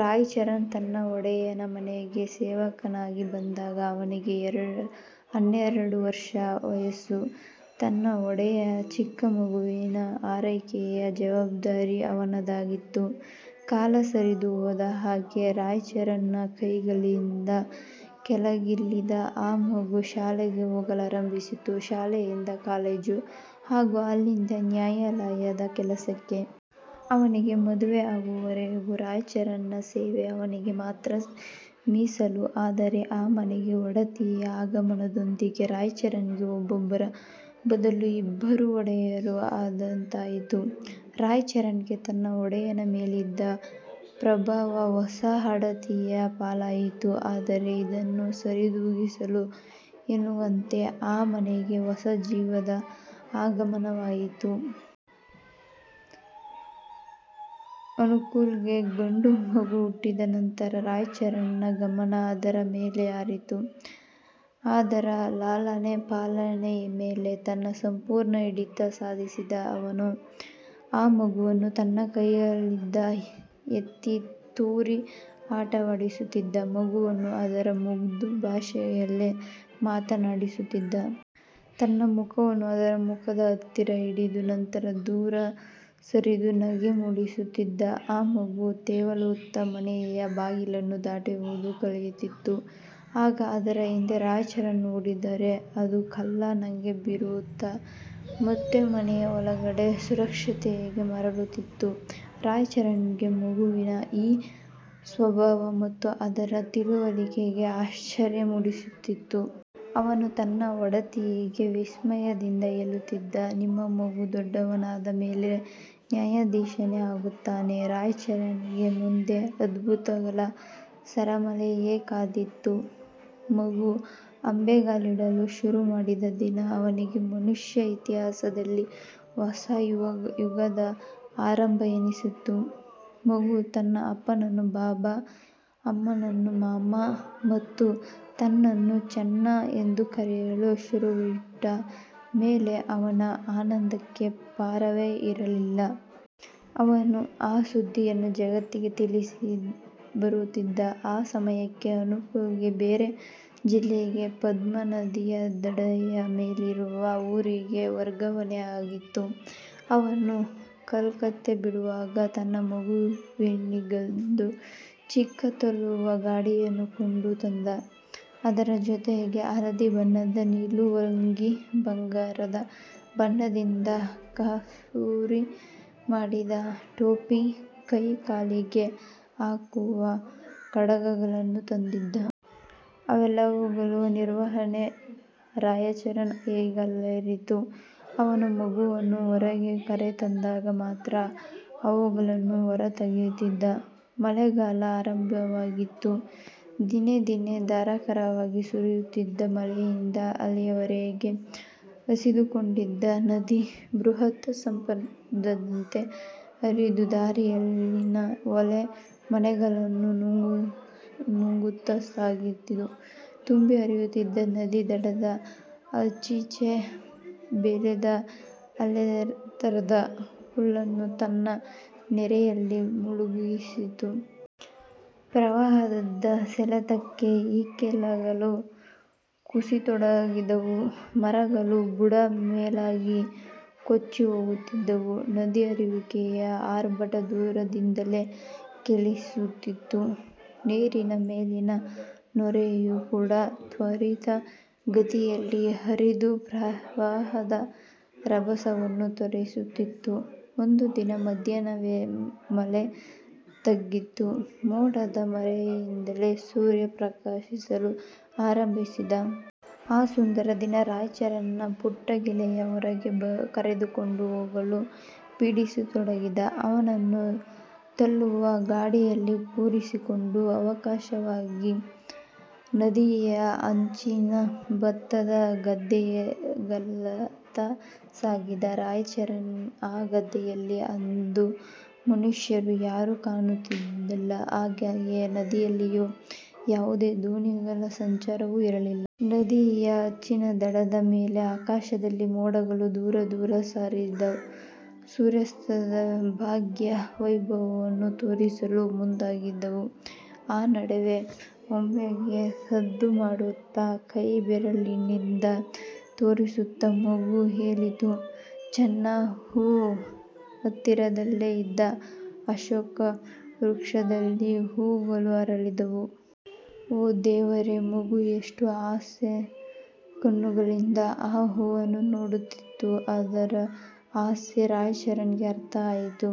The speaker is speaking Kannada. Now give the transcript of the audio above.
ರಾಯಚರಣ್ ತನ್ನ ಒಡೆಯನ ಮನೆಗೆ ಸೇವಕನಾಗಿ ಬಂದಾಗ, ಅವನಿಗೆ ಹನ್ನೆರಡು ವರ್ಷ ವಯಸ್ಸು. ತನ್ನ ಒಡೆಯನ ಚಿಕ್ಕ ಮಗುವಿನ ಆರೈಕೆಯ ಜವಾಬ್ದಾರಿ ಅವನದಾಗಿತ್ತು. ಕಾಲ ಸರಿದು ಹೋದ ಹಾಗೆ ರಾಯಚರಣ್ ನ ಕೈಗಳಿಂದ ಕೆಳಗಿಳಿದ ಆ ಮಗು ಶಾಲೆಗೆ ಹೋಗಲಾರಂಭಿಸಿತು. ಶಾಲೆಯಿಂದ ಕಾಲೇಜು ಹಾಗೂ ಅಲ್ಲಿಂದ ನ್ಯಾಯಾಲಯದ ಕೆಲಸಕ್ಕೆ. ಅವನಿಗೆ ಮದುವೆ ಆಗುವವರೆಗೂ ರಾಯಚರಣ್ ನ ಸೇವೆ ಅವನಿಗೆ ಮಾತ್ರ ಮೀಸಲು. ಆದರೆ ಆ ಮನೆಗೆ ಒಡತಿಯ ಆಗಮನದೊಂದಿಗೆ, ರಾಯಚರಣ್ ಗೆ ಒಬ್ಬರ ಬದಲು ಇಬ್ಬರು ಒಡೆಯರು ಆದಂತಾಯಿತು. ರಾಯಚರಣ್ ಗೆ ತನ್ನ ಒಡೆಯನ ಮೇಲಿದ್ದ ಪ್ರಭಾವ ಹೊಸ ಒಡತಿಯ ಪಾಲಾಯಿತು. ಆದರೆ ಇದನ್ನು ಸರಿದೂಗಿಸಲು ಎನ್ನುವಂತೆ, ಆ ಮನೆಗೆ ಹೊಸ ಜೀವದ ಆಗಮನವಾಯಿತು. ಅನುಕೂಲ್ ಗೆ ಗಂಡು ಮಗು ಹುಟ್ಟಿದ ನಂತರ, ರಾಯಚರಣ್ ನ ಗಮನ ಅದರ ಮೇಲೆ ಹರಿದು, ಅದರ ಲಾಲನೆ, ಪಾಲನೆಯ ಮೇಲೆ ತನ್ನ ಸಂಪೂರ್ಣ ಹಿಡಿತ ಸಾಧಿಸಿದ. ಅವನು ಆ ಮಗುವನ್ನು ತನ್ನ ಕೈಗಳಿಂದ ಎತ್ತಿ, ತೂರಿ ಆಟವಾಡಿಸುತ್ತಿದ್ದ. ಮಗುವನ್ನು ಅದರ ಮುಗ್ಧ ಭಾಷೆಯಲ್ಲೇ ಮಾತನಾಡಿಸುತ್ತಿದ್ದ. ತನ್ನ ಮುಖವನ್ನು ಅದರ ಮುಖದ ಹತ್ತಿರ ಹಿಡಿದು, ನಂತರ ದೂರ ಸರಿದು ನಗೆ ಮೂಡಿಸುತ್ತಿದ್ದ. ಆ ಮಗು ತೆವಳುತ್ತ ಮನೆಯ ಬಾಗಿಲನ್ನು ದಾಟುವುದು ಕಲಿತಿತ್ತು. ಆಗ ಅದರ ಹಿಂದೆ ರಾಯಚರಣ್ ಓಡಿದರೆ, ಅದು ಕಳ್ಳ ನಗೆ ಬೀರುತ್ತ ಮತ್ತೆ ಮನೆಯ ಒಳಗಡೆಯ ಸುರಕ್ಷತೆಗೆ ಮರಳುತ್ತಿತ್ತು. ರಾಯಚರಣ್ ಗೆ ಮಗುವಿನ ಈ ಸ್ವಭಾವ ಮತ್ತು ಅದರ ತಿಳುವಳಿಕೆ ಆಶ್ಚರ್ಯ ಮೂಡಿಸುತ್ತಿತ್ತು. ಅವನು ತನ್ನ ಒಡತಿಗೆ ವಿಸ್ಮಯದಿಂದ ಹೇಳುತ್ತಿದ್ದ "ನಿಮ್ಮ ಮಗು ದೊಡ್ಡವನಾದ ಮೇಲೆ ನ್ಯಾಯಾಧೀಶನೇ ಆಗುತ್ತಾನೆ! " ರಾಯಚರಣ್ ಗೆ ಮುಂದೆ ಅದ್ಭುತಗಳ ಸರಮಾಲೆಯೇ ಕಾದಿತ್ತು. ಮಗು ಅಂಬೆಗಾಲಿಡಲು ಶುರು ಮಾಡಿದ ದಿನ, ಅವನಿಗೆ ಮನುಷ್ಯ ಇತಿಹಾಸದಲ್ಲಿ ಹೊಸ ಯುಗದ ಆರಂಭ ಎನ್ನಿಸಿತ್ತು. ಮಗು ತನ್ನ ಅಪ್ಪನನ್ನು "ಬಾಬಾ", ಅಮ್ಮನನ್ನು "ಮಾಮಾ" ಮತ್ತು ತನ್ನನ್ನು "ಚನ್ನಾ" ಎಂದು ಕರೆಯಲು ಶುರುವಿಟ್ಟ ಮೇಲೆ ಅವನ ಆನಂದಕ್ಕೆ ಪಾರವೇ ಇರಲಿಲ್ಲ. ಅವನು ಆ ಸುದ್ದಿಯನ್ನು ಜಗತ್ತಿಗೇ ತಿಳಿಸಿ ಬರುತ್ತಿದ್ದ. ಆ ಸಮಯಕ್ಕೆ ಅನುಕೂಲ್ ಗೆ ಬೇರೆ ಜಿಲ್ಲೆಗೆ ಪದ್ಮ ನದಿಯದಂಡೆಯ ಮೇಲಿರುವ ಊರಿಗೆ ವರ್ಗಾವಣೆ ಆಗಿತ್ತು. ಅವನು ಕಲ್ಕತ್ತೆ ಬಿಡುವಾಗ, ತನ್ನ ಮಗನಿಗೆಂದು, ಚಿಕ್ಕ ತಳ್ಳುವ ಗಾಡಿಯನ್ನು ಕೊಂಡು ತಂದ. ಅದರ ಜೊತೆಗೆ ಹಳದಿ ಬಣ್ಣದ ನಿಲುವಂಗಿ, ಬಂಗಾರದ ಬಣ್ಣದಿಂದ ಕಸೂತಿ ಮಾಡಿದ ಟೋಪಿ, ಕೈ, ಕಾಲಿಗೆ ಹಾಕುವ ಕಡಗಗಳನ್ನೂ ತಂದಿದ್ದ. ಅವೆಲ್ಲವುಗಳ ನಿರ್ವಹಣೆ ರಾಯಚರಣ್ ಹೆಗಲೇರಿತು. ಅವನು ಮಗುವನ್ನು ಹೊರಗೆ ಕರೆ ತಂದಾಗ ಮಾತ್ರ ಅವುಗಳನ್ನು ಹೊರ ತೆಗೆಯುತ್ತಿದ್ದ. ಮಳೆಗಾಲ ಆರಂಭವಾಗಿತ್ತು. ದಿನೇ ದಿನೇ ಧಾರಾಕಾರವಾಗಿ ಸುರಿಯುತ್ತಿದ್ದ ಮಳೆಯಿಂದ, ಅಲ್ಲಿಯವೆರೆಗೆ ಹಸಿದುಕೊಂಡಿದ್ದ ನದಿ, ಬೃಹತ್ ಸರ್ಪದಂತೆ ಹರಿದು, ದಾರಿಯಲ್ಲಿನ ಹೊಲ, ಮನೆಗಳನ್ನು ನುಂಗುತ್ತಸಾಗಿತ್ತು. ತುಂಬಿ ಹರಿಯುತ್ತಿದ್ದ ನದಿ, ದಡದ ಆಚೀಚೆ ಬೆಳೆದ ಆಳೆತ್ತರದ ಹುಲ್ಲನ್ನು ತನ್ನ ನೆರೆಯಲ್ಲಿ ಮುಳುಗಿಸಿತ್ತು. ಪ್ರವಾಹದ ಸೆಳೆತಕ್ಕೆ ಇಕ್ಕೆಲಗಳು ಕುಸಿಯತೊಡಗಿದ್ದವು. ಮರಗಳು ಬುಡ ಮೇಲಾಗಿ ಕೊಚ್ಚಿ ಹೋಗುತ್ತಿದ್ದವು. ನದಿ ಹರಿಯುವಿಕೆಯ ಆರ್ಭಟ ದೂರದಿಂದಲೇ ಕೇಳಿಸುತ್ತಿತ್ತು. ನೀರಿನ ಮೇಲಿನ ನೊರೆಯೂ ಕೂಡ ತ್ವರಿತ ಗತಿಯಲ್ಲಿ ಹರಿದು, ಪ್ರವಾಹದ ರಭಸವನ್ನು ತೋರಿಸುತ್ತಿತ್ತು. ಒಂದು ದಿನ ಮಧ್ಯಾಹ್ನ ಮಳೆ ತಗ್ಗಿತು, ಮೋಡದ ಮರೆಯಿಂದಲೇ ಸೂರ್ಯ ಪ್ರಕಾಶಿಸಲು ಆರಂಭಿಸಿದ. ಆ ಸುಂದರ ದಿನ ರಾಯಚರಣ್ ನ ಪುಟ್ಟ ಗೆಳೆಯ ಹೊರಗೆ ಕರೆದುಕೊಂಡು ಹೋಗಲು ಪೀಡಿಸತೊಡಗಿದ. ಅವನನ್ನು ತಳ್ಳುವ ಗಾಡಿಯಲ್ಲಿ ಕುಳ್ಳಿರಿಸಿಕೊಂಡು, ಸಾವಕಾಶವಾಗಿ ನದಿಯ ಅಂಚಿನ ಭತ್ತದ ಗದ್ದೆಗಳತ್ತ ಸಾಗಿದ ರಾಯಚರಣ್. ಆ ಗದ್ದೆಗಳಲ್ಲಿ ಅಂದು ಮನುಷ್ಯರು ಯಾರು ಕಾಣುತ್ತಿದ್ದಿಲ್ಲ. ಹಾಗೆಯೇ ನದಿಯಲ್ಲಿಯೂ ಯಾವುದೇ ದೋಣಿಗಳ ಸಂಚಾರವೂ ಇರಲಿಲ್ಲ. ನದಿಯ ಆಚಿನ ದಡದ ಮೇಲೆ, ಆಕಾಶದಲ್ಲಿ ಮೋಡಗಳು ದೂರ ದೂರ ಸರಿದು, ಸೂರ್ಯಾಸ್ತದ ಭವ್ಯ ವೈಭವವನ್ನು ತೋರಿಸಲು ಮುಂದಾಗಿದ್ದವು. ಆ ನಡುವೆ, ಒಮ್ಮೆಗೆ ಸದ್ದು ಮಾಡುತ್ತ, ಕೈ ಬೆರಳಿನಿಂದ ತೋರಿಸುತ್ತ ಮಗು ಹೇಳಿತು "ಚ-ನ್ನಾ, ಹೂ! " ಹತ್ತಿರದಲ್ಲೆ ಇದ್ದ ಅಶೋಕ ವೃಕ್ಷದಲ್ಲಿ ಹೂಗಳು ಅರಳಿದ್ದವು. ಓ ದೇವರೇ, ಮಗು ಎಷ್ಟು ಆಸೆ ಕಣ್ಣುಗಳಿಂದ ಆ ಹೂಗಳನ್ನು ನೋಡುತ್ತಿತ್ತು. ಅದರ ಆಸೆ ರಾಯಚರಣ್ ಗೆ ಅರ್ಥ ಆಯಿತು.